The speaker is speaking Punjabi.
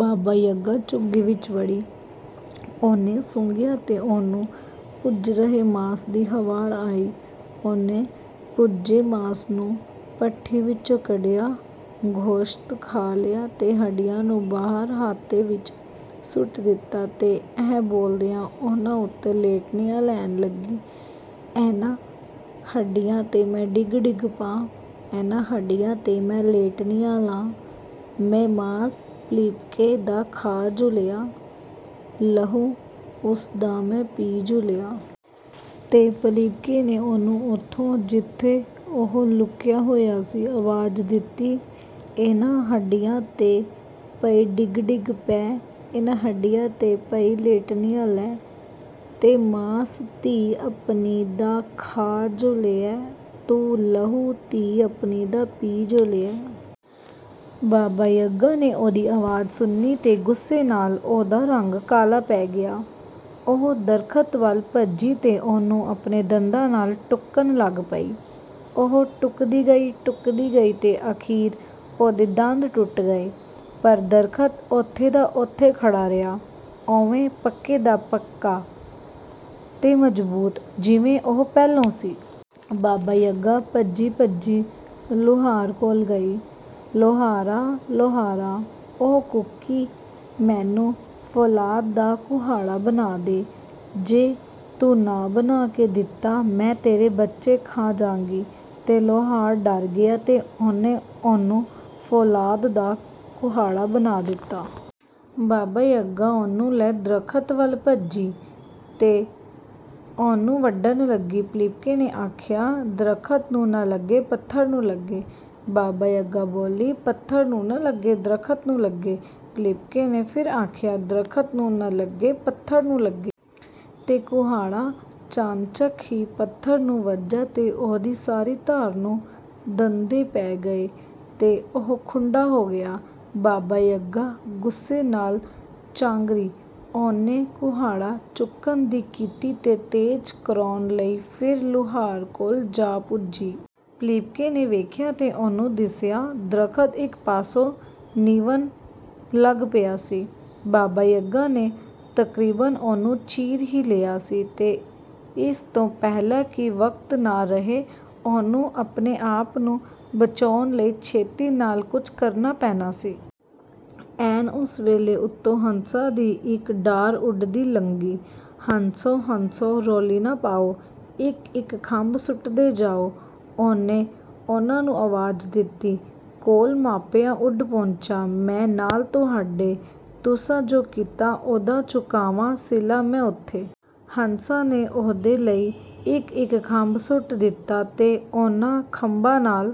ਬਾਬਾ-ਯਗਾ ਝੁੱਗੀ ਵਿੱਚ ਵੜੀ। ਉਹਨੇ ਸੁੰਘਿਆ ਤੇ ਉਹਨੂੰ ਭੁੱਜ ਰਹੇ ਮਾਸ ਦੀ ਹਵਾੜ ਆਈ। ਉਹਨੇ ਭੁੱਜੇ ਮਾਸ ਨੂੰ ਭੱਠੀ ਵਿਚੋਂ ਕੱਢਿਆ, ਗੋਸ਼ਤ ਖਾ ਲਿਆ ਤੇ ਹੱਡੀਆਂ ਨੂੰ ਬਾਹਰ ਹਾਤੇ ਵਿੱਚ ਸੁੱਟ ਦਿੱਤਾ, ਤੇ ਇਹ ਬੋਲਦਿਆਂ ਉਹਨਾਂ ਉੱਤੇ ਲੇਟਣੀਆਂ ਲੈਣ ਲੱਗੀ, "ਇਹਨਾਂ ਹੱਡੀਆਂ 'ਤੇ ਮੈਂ ਡਿਗ-ਡਿਗ ਪਾਂ, ਇਹਨਾਂ ਹੱਡੀਆਂ 'ਤੇ ਮੈਂ ਲੇਟਣੀਆਂ ਲਾਂ, ਮੈਂ ਮਾਸ ਪਿਲੀਪਕੇ ਦਾ ਖਾ ਜੁ ਲਿਐ, ਲਹੂ ਓਸ ਦਾ ਮੈਂ ਪੀ ਜੁ ਲਿਐ।"। ਤੇ ਪਿਲੀਪਕੇ ਨੇ ਉਹਨੂੰ ਓਥੋਂ, ਜਿੱਥੇ ਉਹ ਲੁਕਿਆ ਹੋਇਆ ਸੀ, ਆਵਾਜ਼ ਦਿੱਤੀ, "ਇਹਨਾਂ ਹੱਡੀਆਂ 'ਤੇ ਪਈ ਡਿਗ-ਡਿਗ ਪੈ, ਇਹਨਾਂ ਹੱਡੀਆਂ 'ਤੇ ਪਈ ਲੇਟਣੀਆਂ ਲੈ, ਤੇ ਮਾਸ ਧੀ ਆਪਣੀ ਦਾ ਖਾ ਜੁ ਲਿਐ, ਤੂੰ ਲਹੂ ਧੀ ਆਪਣੀ ਦਾ ਪੀ ਜੁ ਲਿਐ।" ਬਾਬਾ-ਯਗਾ ਨੇ ਉਹਦੀ ਆਵਾਜ਼ ਸੁਣੀ ਤੇ ਗੁੱਸੇ ਨਾਲ ਉਹਦਾ ਰੰਗ ਕਾਲਾ ਪੈ ਗਿਆ। ਉਹ ਦਰਖ਼ਤ ਵੱਲ ਭੱਜੀ ਤੇ ਉਹਨੂੰ ਆਪਣੇ ਦੰਦਾਂ ਨਾਲ ਟੁੱਕਣ ਲੱਗ ਪਈ। ਉਹ ਟੁੱਕਦੀ ਗਈ, ਟੁੱਕਦੀ ਗਈ ਤੇ ਅਖ਼ੀਰ ਉਹਦੇ ਦੰਦ ਟੁੱਟ ਗਏ, ਪਰ ਦਰਖ਼ਤ ਓਥੇ ਦਾ ਓਥੇ ਖੜ੍ਹਾ ਰਿਹਾ, ਉਵੇਂ ਪੱਕੇ ਦਾ ਪੱਕਾ ਤੇ ਮਜ਼ਬੂਤ, ਜਿਵੇਂ ਉਹ ਪਹਿਲੋਂ ਸੀ। ਬਾਬਾ-ਯਗਾ ਭੱਜੀ-ਭੱਜੀ ਲੁਹਾਰ ਕੋਲ ਗਈ। "ਲੁਹਾਰਾ, ਲੁਹਾਰਾ," ਉਹ ਕੂਕੀ, "ਮੈਨੂੰ ਫ਼ੌਲਾਦ ਦਾ ਕੁਹਾੜਾ ਬਣਾ ਦੇ! ਜੇ ਤੂੰ ਨਾ ਬਣਾ ਕੇ ਦਿੱਤਾ, ਮੈਂ ਤੇਰੇ ਬੱਚੇ ਖਾ ਜਾਂਗੀ।" ਤੇ ਲੁਹਾਰ ਡਰ ਗਿਆ ਤੇ ਉਹਨੇ ਉਹਨੂੰ ਫ਼ੌਲਾਦ ਦਾ ਕੁਹਾੜਾ ਬਣਾ ਦਿੱਤਾ। ਬਾਬਾ-ਯਗਾ ਉਹਨੂੰ ਲੈ ਦਰਖ਼ਤ ਵੱਲ ਭੱਜੀ ਤੇ ਉਹਨੂੰ ਵੱਢਣ ਲੱਗੀ। ਪਿਲੀਪਕੇ ਨੇ ਆਖਿਆ, "ਦਰਖ਼ਤ ਨੂੰ ਨਾ ਲੱਗੇ, ਪੱਥਰ ਨੂੰ ਲੱਗੇ!" ਬਾਬਾ-ਯਗਾ ਬੋਲੀ, "ਪੱਥਰ ਨੂੰ ਨਾ ਲੱਗੇ, ਦਰਖ਼ਤ ਨੂੰ ਲੱਗੇ!" ਪਿਲੀਪਕੇ ਨੇ ਫੇਰ ਆਖਿਆ, "ਦਰਖ਼ਤ ਨੂੰ ਨਾ ਲੱਗੇ, ਪੱਥਰ ਨੂੰ ਲੱਗੇ!" ਤੇ ਕੁਹਾੜਾ ਚਾਣਚਕ ਹੀ ਪੱਥਰ ਨੂੰ ਵੱਜਾ ਤੇ ਉਹਦੀ ਸਾਰੀ ਧਾਰ ਨੂੰ ਦੰਦੇ ਪੈ ਗਏ ਤੇ ਉਹ ਖੁੰਢਾ ਹੋ ਗਿਆ। ਬਾਬਾ-ਯਗਾ ਗੁੱਸੇ ਨਾਲ ਚਾਂਗਰੀ। ਉਹਨੇ ਕੁਹਾੜਾ ਚੁੱਕਣ ਦੀ ਕੀਤੀ ਤੇ ਤੇਜ਼ ਕਰਾਉਣ ਲਈ ਫੇਰ ਲੁਹਾਰ ਕੋਲ ਜਾ ਪੁੱਜੀ। ਪਿਲੀਪਕੇ ਨੇ ਵੇਖਿਆ ਤੇ ਉਹਨੂੰ ਦਿਸਿਆ, ਦਰਖ਼ਤ ਇਕ ਪਾਸੇ ਨਿਵਣ ਲੱਗ ਪਿਆ ਸੀ। ਬਾਬਾ-ਯਗਾ ਨੇ ਤਕਰੀਬਨ ਉਹਨੂੰ ਚੀਰ ਹੀ ਲਿਆ ਸੀ, ਤੇ ਇਸ ਤੋਂ ਪਹਿਲਾਂ ਕਿ ਵਕਤ ਨਾ ਰਹੇ, ਉਹਨੂੰ ਆਪਣੇ ਆਪ ਨੂੰ ਬਚਾਉਣ ਲਈ ਛੇਤੀ ਨਾਲ ਕੁਝ ਕਰਨਾ ਪੈਣਾ ਸੀ। ਐਨ ਓਸੇ ਵੇਲੇ ਉੱਤੋਂ ਹੰਸਾਂ ਦੀ ਇਕ ਡਾਰ ਉੱਡਦੀ ਲੰਘੀ। "ਹੰਸੋ, ਹੰਸੋ, ਰੌਲੀ ਨਾ ਪਾਉ, ਇਕ-ਇਕ ਖੰਭ ਸੁੱਟਦੇ ਜਾਉ," ਉਹਨੇ ਉਹਨਾਂ ਨੂੰ ਆਵਾਜ਼ ਦਿੱਤੀ। "ਕੋਲ ਮਾਪਿਆਂ ਉੱਡ ਪਹੁੰਚਾਂ, ਮੈਂ ਨਾਲ ਤੁਹਾਡੇ; ਤੁਸਾਂ ਜੁ ਕੀਤਾ, ਉਹਦਾ ਚੁਕਾਵਾਂ ਸਿਲਾ ਮੈਂ ਓਥੇ।" ਹੰਸਾਂ ਨੇ ਉਹਦੇ ਲਈ ਇਕ-ਇਕ ਖੰਭ ਸੁੱਟ ਦਿੱਤਾ, ਤੇ ਇਹਨਾਂ ਖੰਭਾਂ ਨਾਲ